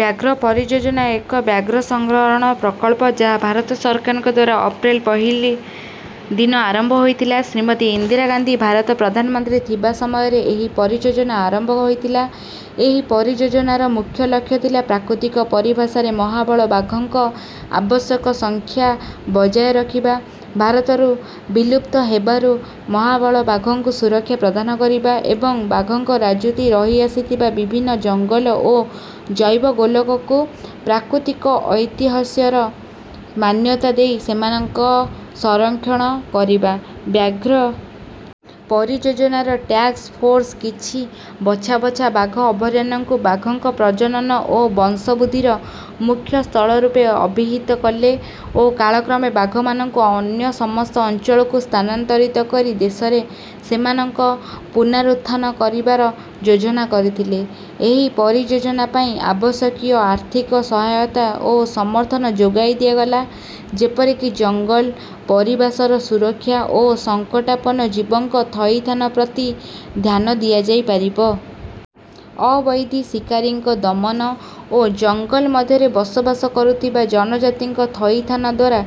ବ୍ୟାଘ୍ର ପରିଯୋଜନା ଏକ ବ୍ୟାଘ୍ର ସଂରକ୍ଷଣ ପ୍ରକଳ୍ପ, ଯାହା ଭାରତ ସରକାରଙ୍କ ଦ୍ୱାରା ଅପ୍ରେଲ୍ ପହିଲା ଦିନ ଆରମ୍ଭ ହୋଇଥିଲା। ଶ୍ରୀମତୀ ଇନ୍ଦିରା ଗାନ୍ଧୀ ଭାରତର ପ୍ରଧାନମନ୍ତ୍ରୀ ଥିବା ସମୟରେ ଏହି ପରିଯୋଜନା ଆରମ୍ଭ ହୋଇଥିଲା। ଏହି ପରିଯୋଜନାର ମୁଖ୍ୟ ଲକ୍ଷ୍ୟ ଥିଲା ପ୍ରାକୃତିକ ପରିବାସରେ ମହାବଳ ବାଘଙ୍କ ଆବଶ୍ୟକ ସଂଖ୍ୟା ବଜାୟ ରଖିବା, ଭାରତରୁ ବିଲୁପ୍ତ ହେବାରୁ ମହାବଳ ବାଘଙ୍କୁ ସୁରକ୍ଷା ପ୍ରଦାନ କରିବା ଏବଂ ବାଘଙ୍କ ରାଜୁତି ରହିଆସିଥିବା ବିଭିନ୍ନ ଜଙ୍ଗଲ ଓ ଜୈବଗୋଲକକୁ ପ୍ରାକୃତିକ ଐତିହ୍ୟର ମାନ୍ୟତା ଦେଇ ସେମାନଙ୍କ ସଂରକ୍ଷଣ କରିବା। ବ୍ୟାଘ୍ର ପରିଯୋଜନାର ଟାସ୍କ୍ ଫୋର୍ସ୍ କିଛି ବଛା ବଛା ବାଘ ଅଭୟାରଣ୍ୟକୁ ବାଘଙ୍କ ପ୍ରଜନନ ଓ ବଂଶବୃଦ୍ଧିର ମୁଖ୍ୟ ସ୍ଥଳ ରୂପେ ଅଭିହିତ କଲେ ଓ କାଳକ୍ରମେ ବାଘମାନଙ୍କୁ ଅନ୍ୟ ସମସ୍ତ ଅଞ୍ଚଳକୁ ସ୍ଥାନାନ୍ତରିତ କରି ଦେଶରେ ସେମାନଙ୍କ ପୁନରୁତ୍ଥାନ କରିବାର ଯୋଜନା କରିଥିଲେ। ଏହି ପରିଯୋଜନା ପାଇଁ ଆବଶ୍ୟକୀୟ ଆର୍ଥିକ ସହାୟତା ଓ ସମର୍ଥନ ଯୋଗାଇ ଦିଆଗଲା, ଯେପରିକି ଜଙ୍ଗଲ ପରିବାସର ସୁରକ୍ଷା ଓ ସଙ୍କଟାପନ୍ନ ଜୀବଙ୍କ ଥଇଥାନ ପ୍ରତି ଧ୍ୟାନ ଦିଆଯାଇପାରିବ। ଅବୈଧ ଶିକାରୀଙ୍କ ଦମନ ଓ ଜଙ୍ଗଲ ମଧ୍ୟରେ ବସବାସ କରୁଥିବା ଜନଜାତିଙ୍କ ଥଇଥାନ ଦ୍ୱାରା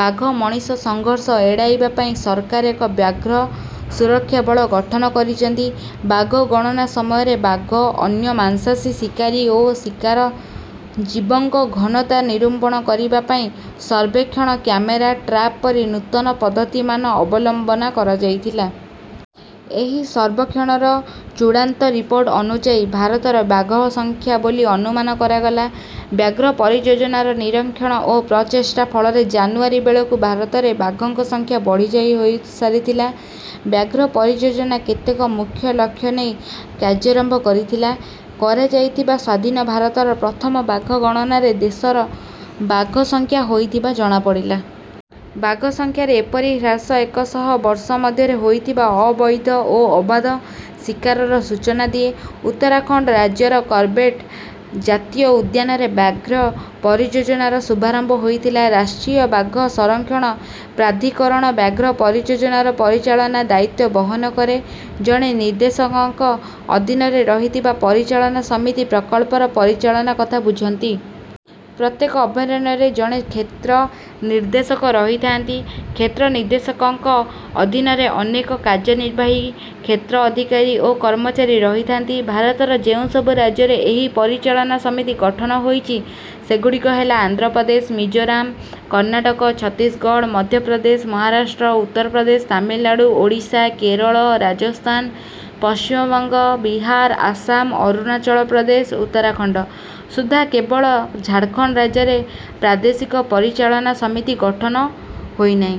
ବାଘ ମଣିଷ ସଂଘର୍ଷ ଏଡ଼ାଇବା ପାଇଁ ସରକାର ଏକ ବ୍ୟାଘ୍ର ସୁରକ୍ଷା ବଳ ଗଠନ କରିଛନ୍ତି। ବାଘ ଗଣନା ସମୟରେ ବାଘ, ଅନ୍ୟ ମାଂସାସୀ ଶିକାରୀ ଓ ଶିକାର ଜୀବଙ୍କ ଘନତା ନିରୂପଣ କରିବା ପାଇଁ ସର୍ବେକ୍ଷଣ, କ୍ୟାମେରା ଟ୍ରାପ୍ ପରି ନୂତନ ପଦ୍ଧତିମାନ ଅବଲମ୍ବନ କରାଯାଇଥିଲା। ଏହି ସର୍ବେକ୍ଷଣର ଚୂଡ଼ାନ୍ତ ରିପୋର୍ଟ ଅନୁଯାୟୀ ଭାରତର ବାଘ ସଂଖ୍ୟା ବୋଲି ଅନୁମାନ କରାଗଲା। ବ୍ୟାଘ୍ର ପରିଯୋଜନାର ନିରୀକ୍ଷଣ ଓ ପ୍ରଚେଷ୍ଟା ଫଳରେ ଜାନୁଆରୀ ବେଳକୁ ଭାରତରେ ବାଘଙ୍କ ସଂଖ୍ୟା ବଢ଼ି ହୋଇସାରିଥିଲା। ବ୍ୟାଘ୍ର ପରିଯୋଜନା କେତେକ ମୁଖ୍ୟ ଲକ୍ଷ୍ୟ ନେଇ କାର୍ଯ୍ୟାରମ୍ଭ କରିଥିଲା। କରାଯାଇଥିବା ସ୍ୱାଧୀନ ଭାରତର ପ୍ରଥମ ବାଘ ଗଣନାରେ ଦେଶର ବାଘ ସଂଖ୍ୟା ହୋଇଥିବା ଜଣାପଡ଼ିଲା। ବାଘସଂଖ୍ୟାରେ ଏପରି ହ୍ରାସ ଏକ ଶହ ବର୍ଷ ମଧ୍ୟରେ ହୋଇଥିବା ଅବୈଧ ଓ ଅବାଧ ଶିକାରର ସୂଚନା ଦିଏ। ଉତ୍ତରାଖଣ୍ଡ ରାଜ୍ୟର କର୍ବେଟ୍ ଜାତୀୟ ଉଦ୍ୟାନରେ ବ୍ୟାଘ୍ର ପରିଯୋଜନାର ଶୁଭାରମ୍ଭ ହୋଇଥିଲା। ରାଷ୍ଟ୍ରୀୟ ବାଘ ସଂରକ୍ଷଣ ପ୍ରାଧିକରଣ ବ୍ୟାଘ୍ର ପରିଯୋଜନାର ପରିଚାଳନା ଦାୟିତ୍ୱ ବହନ କରେ। ଜଣେ ନିର୍ଦ୍ଦେଶକଙ୍କ ଅଧୀନରେ ରହିଥିବା ପରିଚାଳନା ସମିତି ପ୍ରକଳ୍ପର ପରିଚାଳନା କଥା ବୁଝନ୍ତି। ପ୍ରତ୍ୟେକ ଅଭୟାରଣ୍ୟରେ ଜଣେ କ୍ଷେତ୍ର ନିର୍ଦ୍ଦେଶକ ରହିଥାନ୍ତି। କ୍ଷେତ୍ର ନିର୍ଦ୍ଦେଶକଙ୍କ ଅଧୀନରେ ଅନେକ କାର୍ଯ୍ୟନିର୍ବାହୀ, କ୍ଷେତ୍ର ଅଧିକାରୀ ଓ କର୍ମଚାରୀ ରହିଥାନ୍ତି। ଭାରତର ଯେଉଁସବୁ ରାଜ୍ୟରେ ଏହି ପରିଚାଳନା ସମିତି ଗଠିତ ହୋଇଛି, ସେଗୁଡ଼ିକ ହେଲା ଆନ୍ଧ୍ର ପ୍ରଦେଶ, ମିଜୋରାମ, କର୍ଣ୍ଣାଟକ, ଛତିଶଗଡ଼, ମଧ୍ୟପ୍ରଦେଶ, ମହାରାଷ୍ଟ୍ର, ଉତ୍ତର ପ୍ରଦେଶ, ତାମିଲନାଡ଼ୁ, ଓଡ଼ିଶା, କେରଳ, ରାଜସ୍ଥାନ, ପଶ୍ଚିମବଙ୍ଗ, ବିହାର, ଆସାମ, ଅରୁଣାଚଳ ପ୍ରଦେଶ, ଉତ୍ତରାଖଣ୍ଡ। ସୁଦ୍ଧା କେବଳ ଝାଡ଼ଖଣ୍ଡ ରାଜ୍ୟରେ ପ୍ରାଦେଶିକ ପରିଚାଳନା ସମିତି ଗଠିତ ହୋଇନାହିଁ।